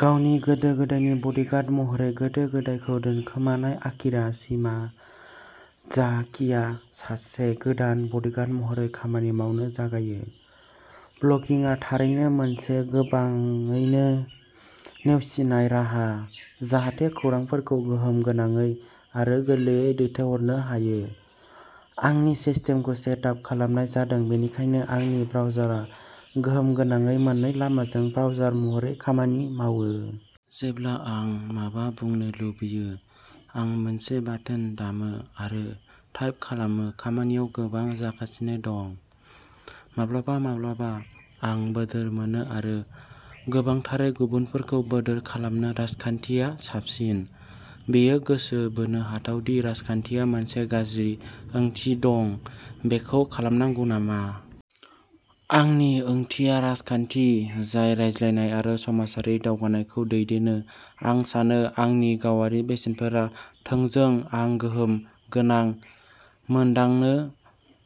गावनि गोदो गोदायनि बडिगार्ड महरै गोदो गोदायखौ दोनखोमानाय आकिरा शिमाजाकिआ सासे गोदान बडिगार्ड महरै खामानि मावनो जागायो। ब्लगिंआ थारैनो मोनसे गोबाङैनो नेवसिनाय राहा जाहाथे खौरांफोरखौ गोहोम गोनाङै आरो गोरलैयै दैथायहरनो हायो। आंनि सिस्टेमखौ सेट आप खालामनाय जादों बेनिखायनो आंनि ब्राउजारआ गोहोम गोनाङै मोननै लामाजों ब्राउजार महरै खामानि मावो। जेब्ला आं माबा बुंनो लुबैयो आं मोनसे बाटोन दामो आरो टाइप खालामो खामानियाव गोबां जागासिनो दं। माब्लाबा माब्लाबा आं बोदोर मोनो आरो गोबांथारै गुबुनफोरखौ बोदोर खालामो राजखान्थिया साबसिन। बेयो गोसो बोनो हाथाव दि राजखान्थिया मोनसे गाज्रि ओंथि दं बेखौ खालामनांगौ नामा? आंनि ओंथिया राजखान्थि जाय रायज्लायनाय आरो समाजारि दावगानायखौ दैदेनो आं सानो आंनि गावारि बेसेनफोरा थोंजों आं गोहोम गोनां मोनदांनो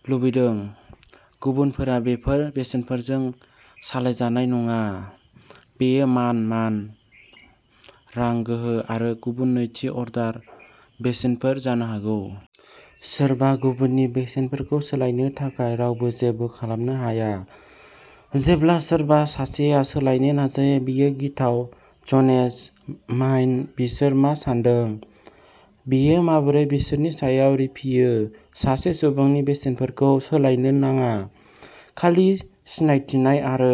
लुबैदों। गुबुनफोरा बेफोर बेसेनफोरजों सालायजानाय नङा बेयो मान मान रां गोहो आरो गुबुन नैथि अर्डार बेसेनफोर जानो हागौ। सोरबा गुबुननि बेसेनफोरखौ सोलायनो थाखाय रावबो जेबो खालामनो हाया। जेब्ला सोरबा सासेया सोलायनो नाजायो बेयो गिथाव चनेज माइन बिसोर मा सान्दों? बेयो माबोरै बिसोरनि सायाव रिफियो सासे सुबुंनि बेसेनफोरखौ सोलायनो नाङा खालि सिनायथिनाय आरो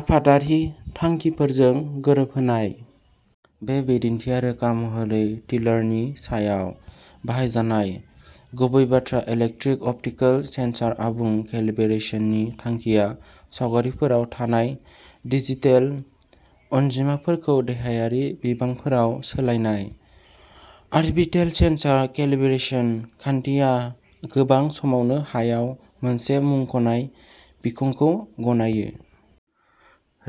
आफादारि थांखिफोरजों गोरोबहोनाय। बे बिदिन्थिआ रोखा महरै टिलारनि सायाव बाहायजानाय। गुबै बाथ्रा इलेक्ट्र अप्टिकेल सेनसर आबुं केलिब्रेशननि थांखिया सावगारिफोराव थानाय डिजिटेल अनजिमाफोरखौ देहायारि बिबांफोराव सोलायनाय। अरबिटल सेनसर केलिब्रेशन खान्थिया गोबां समावनो हायाव मोनसे मुंख'नाय बिखंखौ गनायो।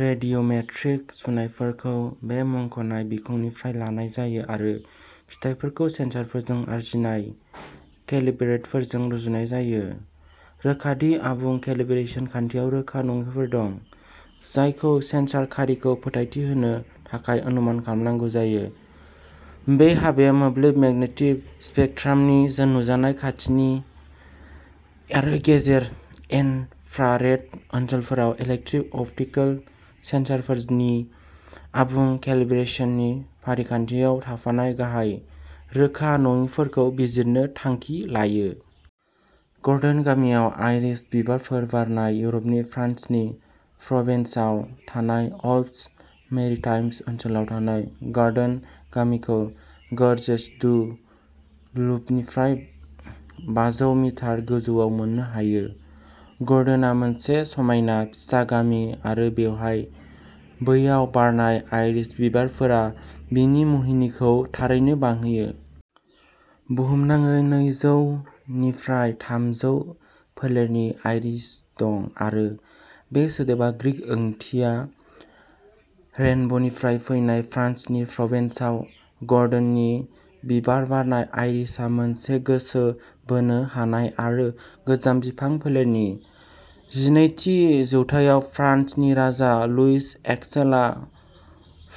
रेडिय'मेट्रिक सुनायफोरखौ बे मुंख'नाय बिखंनिफ्राय लानाय जायो आरो फिथायफोरखौ सेनसरफोरजों आरजिनाय केलिब्रेटफोरजों रुजुनाय जायो। रोखा दि आबुं केलिब्रेशन खान्थियाव रोखा नङिफोर दं जायखौ सेनसर खारिखौ फोथायथि होनो थाखाय अनुमान खालामनांगौ जायो। बे हाबाया मोब्लिब मेगनेटिक स्पेकट्रामनि नुजानाय खाथिनि आरो गेजेर इन्फ्रारेड ओनसोलफोराव इलेक्ट्र अप्टिकेल सेनसरफोरनि आबुं केलिब्रेशननि फारिखान्थियाव थाफानाय गाहाय रोखा नङैफोरखौ बिजिरनो थांखि लायो। गुरडन गामियाव आइरिस बिबारफोर बारनाय इउरपनि फ्रान्सनि प्रभेन्सआव थानाय आल्प्स मेरिटाइम्स ओनसोलाव थानाय गौरडन गामिखौ गर्जेस डु लुपनिफ्राय बाजौ मिटार गोजौआव मोननो हायो। गौरडनआ मोनसे समायना फिसा गामि आरो बेवहाय बैयाव बारनाय आइरिस बिबारफोरा बेनि मुहिनिखौ थारैनो बांहोयो। बुहुमनाङै नैजौ निफ्राय थामजौ फोलेरनि आइरिस दं आरो बे सोदोबा ग्रीक ओंथिया रेइनबनिफ्राय फैनाय फ्रान्सनि प्रभेन्सआव गौरडननि बिबार बारनाय आइरिसआ मोनसे गोसो बोनो हानाय आरो गोजाम बिफां फोलेरनि। जिनैथि जौथायाव फ्रान्सनि राजा लुइस एक्सलआ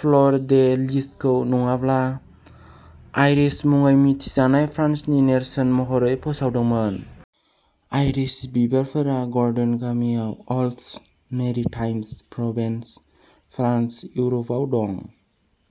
फ्लुर डे लिसखौ नङाब्ला आइरिस मुङै मिथिजानाय फ्रान्सनि नेरसोन महरै फोसावदोंमोन। आइरिस बिबारफोरा गुरडन गामियाव आल्प्स मेरिटाइम्स प्रभेन्स फ्रान्स इउर'पआव दं।